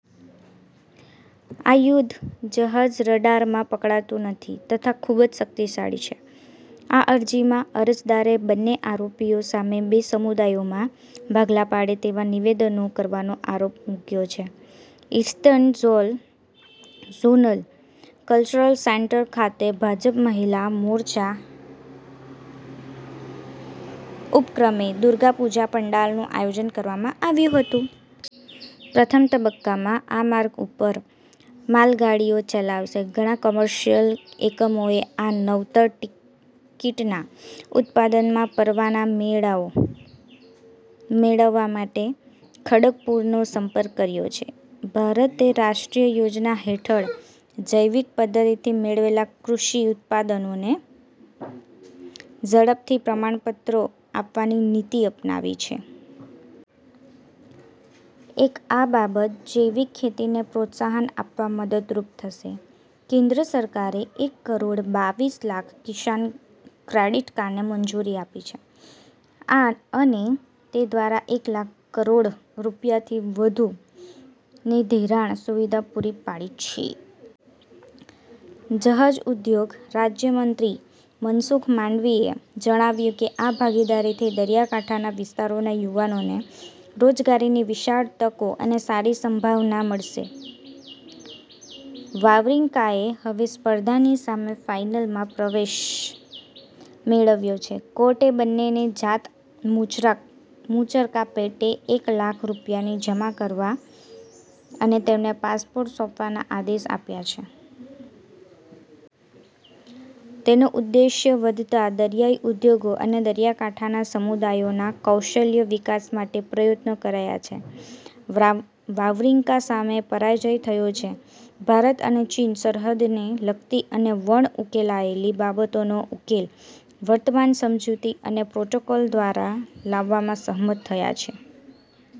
આ યુધ્ધ જહાજ રડારમાં પકડાતુ નથી તથા ખૂબ જ શક્તિશાળી છે. આ અરજીમાં અરજદારે બંન્ને આરોપીઓ સામે બે સમુદાયોમાં ભાગલા પાડે તેવા નિવેદનો કરવાનો આરોપ મૂક્યો છે. ઈસ્ટર્ન ઝોનલ કલ્ચરલ સેન્ટર ખાતે ભાજપ મહિલા મોરચાના ઉપક્રમે દુર્ગાપૂજા પંડાલનું આયોજન કરવામાં આવ્યું હતું. પ્રથમ તબક્કામાં આ માર્ગ ઉપર માલગાડીઓ ચલાવાશે. ઘણા કોમર્શિયલ એકમોએ આ નવતર કિટના ઉત્પાદનના પરવાના મેળવવા માટે ખડગપુરનો સંપર્ક કર્યો છે. ભારતે રાષ્ટ્રીય યોજના હેઠળ જૈવિક પદ્ધતિથી મેળવેલા કૃષિ ઉત્પાદનોને ઝડપથી પ્રમાણપત્રો આપવાની નીતિ અપનાવી છે. એક આ બાબત જૈવિક ખેતીને પ્રોત્સાહન આપવા મદદરૂપ થશે. કેન્દ્ર સરકારે એક કરોડ બાવીસ લાખ કિસાન ક્રેડિટ કાર્ડને મંજૂરી આપી છે, અને તે દ્વારા એક લાખ કરોડ રૂપિયાથી વધુની ધિરાણ સુવિધા પૂરી પાડી છે. જહાજ ઉદ્યોગ રાજ્ય મંત્રી મનસુખ માંડવીયાએ જણાવ્યું કે આ ભાગીદારીથી દરિયાકાંઠાના વિસ્તારોના યુવાનોને રોજગારીની વિશાળ તકો અને સારી સંભાવના મળશે. વાવરીન્કાએ હવે સ્પર્ધાની સેમી ફાઈનલમાં પ્રવેશ મેળવ્યો છે. કોર્ટે બંનેને જાત મુચરકા પેટે એક લાખ રૂપિયા જમા કરવા અને તેમના પાસપોર્ટ સોંપવાના આદેશ આપ્યા છે. તેનો ઉદ્દેશ્ય વધતા દરિયાઇ ઉદ્યોગ અને દરિયાકાંઠાના સમુદાયોના કૌશલય વિકાસ માટે પ્રયત્નો કરાયા છે. વાવરીન્કા સામે પરાજય થયો છે. ભારત અને ચીન સરહદને લગતી અને વણ ઉકેલાયેલી બાબતોનો ઉકેલ વર્તમાન સમજૂતી અને પ્રોટોકોલ દ્વારા લાવવા સહમત થયા છે.